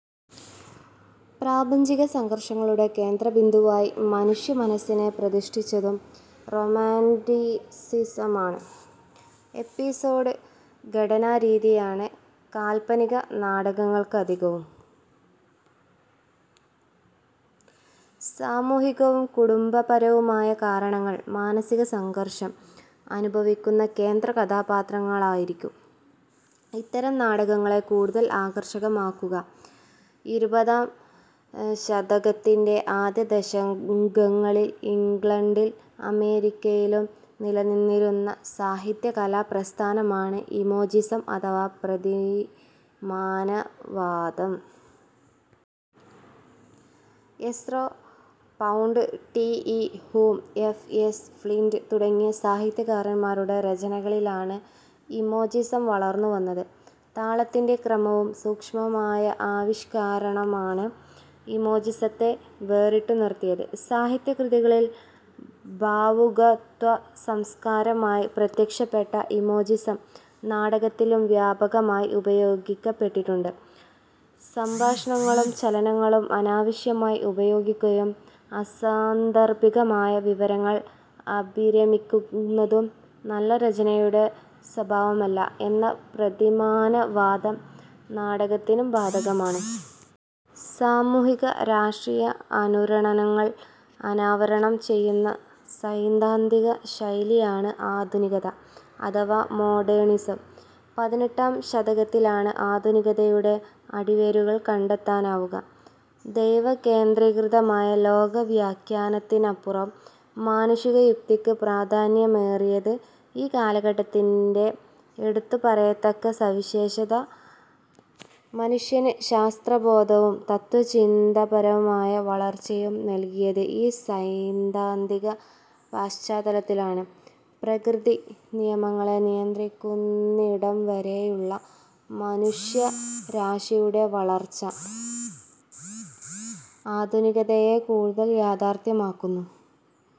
പ്രാപഞ്ചിക സംഘർഷങ്ങളുടെ കേന്ദ്രബിന്ദുവായി മനുഷ്യമനസ്സിനെ പ്രതിഷ്ഠിച്ചതും റൊമാന്റിസിസമാണ്. 'Episode' ഘടനാരീതിയാണ് കാല്പനിക നാടകങ്ങൾക്കധികവും. സാമൂഹികവും കുടുംബപരവുമായ കാരണങ്ങൾ മാനസിക സംഘർഷം അനുഭവിക്കുന്ന കേന്ദ്രകഥാപാത്രങ്ങളായിരിക്കും ഇത്തരം നാടകങ്ങളെ കൂടുതൽ ആകർഷകമാക്കുക. ഇരുപതാം ശതകത്തിന്റെ ആദ്യദശകങ്ങളിൽ ഇംഗ്ലണ്ടിലും അമേരിക്കയിലും നിലനിന്നിരുന്ന സാഹിത്യ കലാ പ്രസ്ഥാനമാണ് ഇമേജിസം അഥവാ 'പ്രതിമാനവാദം'. Ezra Pound, T. E. Hulme, F. S. Flint തുടങ്ങിയ സാഹിത്യകാരന്മാരുടെ രചനകളിലാണ് 'ഇമേജിസം' വളർന്നുവന്നത്. താളത്തിന്റെ ക്രമവും സൂക്ഷ്മവുമായ ആവിഷ്കാരമാണ് ഇമേജിസത്തെ വേറിട്ടു നിർത്തുന്നത്. സാഹിത്യ കൃതികളിൽ ഭാവുകത്വസംസ്കാരമായി പ്രത്യക്ഷപ്പെട്ട ഇമേജിസം, നാടകത്തിലും വ്യാപകമായി ഉപയോഗിക്കപ്പെട്ടിട്ടുണ്ട്. സംഭാഷണങ്ങളും ചലനങ്ങളും അനാവശ്യമായി ഉപയോഗിക്കുന്നതും അസാന്ദർഭികമായ വിവരങ്ങളിൽ അഭിരമിക്കുന്നതും നല്ല രചനയുടെ സ്വഭാവമല്ല എന്ന പ്രതിമാനവാദം നാടകത്തിനും ബാധകമാണ്. സാമൂഹിക-രാഷ്ട്രീയ അനുരണനങ്ങൾ അനാവരണം ചെയ്യുന്ന സൈദ്ധാന്തിക ശൈലിയാണ് ആധുനികത അഥവാ മോഡേണിസം. പതിനെട്ടാം ശതകത്തിലാണ് ആധുനികതയുടെ അടിവേരുകൾ കണ്ടെത്താനാവുക. ദൈവകേന്ദ്രീകൃതമായ ലോക വ്യാഖ്യാനത്തിനപ്പുറം മാനുഷിക യുക്തിക്ക് പ്രാധാന്യമേറിയതാണ് ഈ കാലഘട്ടത്തിന്റെ എടുത്തുപറയത്തക്ക സവിശേഷത. മനുഷ്യന് ശാസ്ത്രബോധവും തത്ത്വചിന്താപരമായ വളർച്ചയും നല്കിയത് ഈ സൈദ്ധാന്തിക പശ്ചാത്തലമാണ്. പ്രകൃതി നിയമങ്ങളെ നിയന്ത്രിക്കുന്നിടംവരെയുള്ള മനുഷ്യരാശിയുടെ വളർച്ച ആധുനികതയെ കൂടുതൽ യാഥാർഥ്യമാക്കുന്നു.